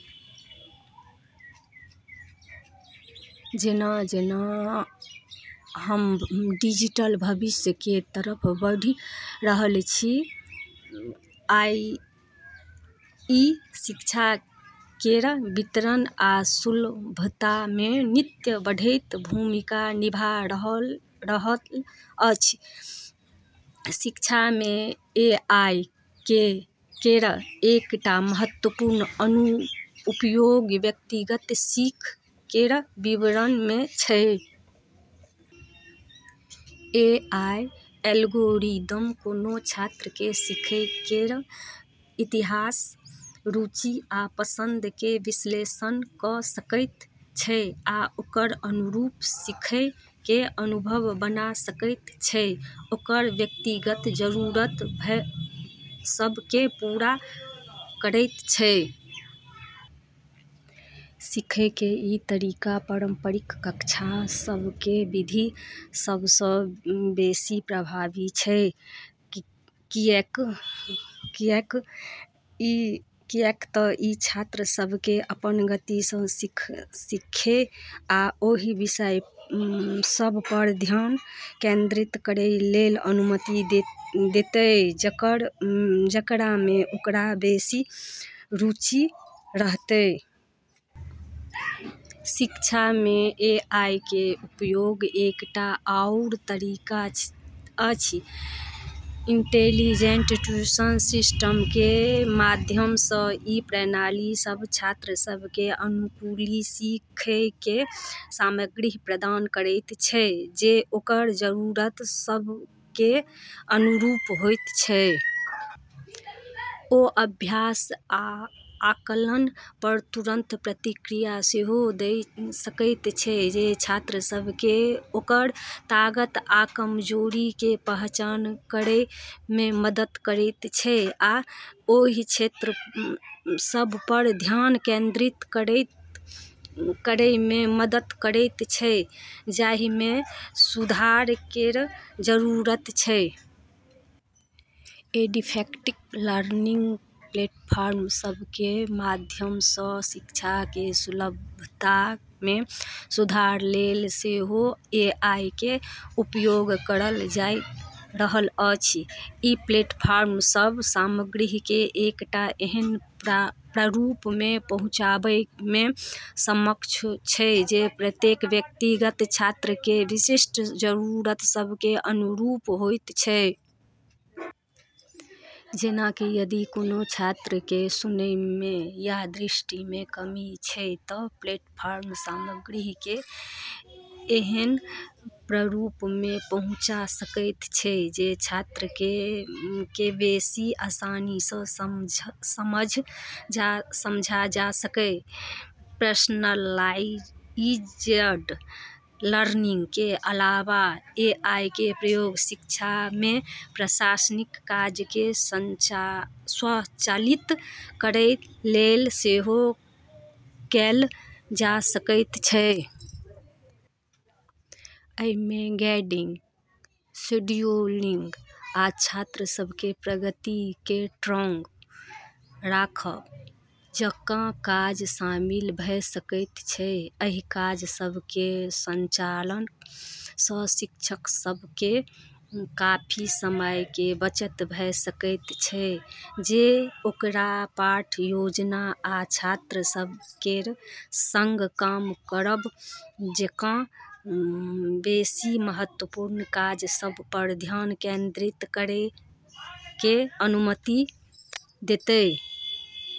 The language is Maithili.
जेना-जेना हम डिजिटल भविष्य केर तरफ बढ़ि रहल छी, एआई शिक्षा केर वितरण आ सुलभता मे नित्य बढ़ैत भूमिका निभा रहल छै। शिक्षा मे एआई केर एकटा महत्वपूर्ण अनुप्रयोग व्यक्तिगत सीख केर वितरण मे छै। एआई एल्गोरिदम कोनो छात्र केर सीखै केर इतिहास, रुचि आ पसंद केर विश्लेषण कऽ सकैत छै आ ओकरा अनुरूप सीखै केर अनुभव बना सकैत छै जे ओकर व्यक्तिगत जरूरत सभ केँ पूरा करैत छै। सीखै केर ई तरीका पारंपरिक कक्षा सभ केर विधि सभ सँ बेसी प्रभावी छै, किऐक त ई छात्र सभ केँ अपन गति सँ सीखै आ ओहि विषय सभ पर ध्यान केंद्रित करै केर अनुमति देतै जेकरा मे ओकरा बेसी रुचि रहतै। शिक्षा मे एआई केर उपयोग एकटा आओर तरीका अछि इंटेलिजेंट ट्यूशन सिस्टम केर माध्यम सँ। ई प्रणाली सभ छात्र सभ केँ अनुकूली सीखै केर सामग्री प्रदान करैत छै जे ओकर जरूरत सभ केर अनुरूप होइत छै। ओ अभ्यास आ आकलन पर तुरंत प्रतिक्रिया सेहो दऽ सकैत छै, जे छात्र सभ केँ ओकर ताकत आ कमजोरी केर पहचान करै मे मदद करैत छै आ ओहि क्षेत्र सभ पर ध्यान केंद्रित करै मे मदद करैत छै जाहि मे सुधार केर जरूरत छै। एडैप्टिव लर्निंग प्लेटफॉर्म सभ केर माध्यम सँ शिक्षा केर सुलभता मे सुधार लेल सेहो एआई केर उपयोग कएल जा रहल अछि। ई प्लेटफॉर्म सभ सामग्री केँ एकटा एहन प्रारूप मे पहुँचाबै मे सक्षम छै जे प्रत्येक व्यक्तिगत छात्र केर विशिष्ट जरूरत सभ केर अनुरूप होइत छै। जेना कि यदि कोनो छात्र केँ सुनै मे या दृष्टि मे कमी छै, त प्लेटफॉर्म सामग्री केँ एहन प्रारूप मे पहुँचा सकैत छै जे छात्र केँ बेसी आसानी सँ समझल जा सकै। पर्सनलाइज्ड लर्निंग केर अलावा एआई केर उपयोग शिक्षा मे प्रशासनिक काज केँ स्वचालित करै लेल सेहो कएल जा रहल अछि। एहि मे ग्रेडिंग, शेड्यूलिंग, आ छात्र सभ केर प्रगति केँ ट्रैक रखब जकाँ काज शामिल भऽ सकैत छै। एहि काज सभ केर स्वचालन सँ शिक्षक सभ केर काफी समय केर बचत भऽ सकैत छै, जे ओकरा पाठ योजना आ छात्र सभ केर संग काम करब जकाँ बेसी महत्वपूर्ण काज सभ पर ध्यान केंद्रित करै केर अनुमति देतै।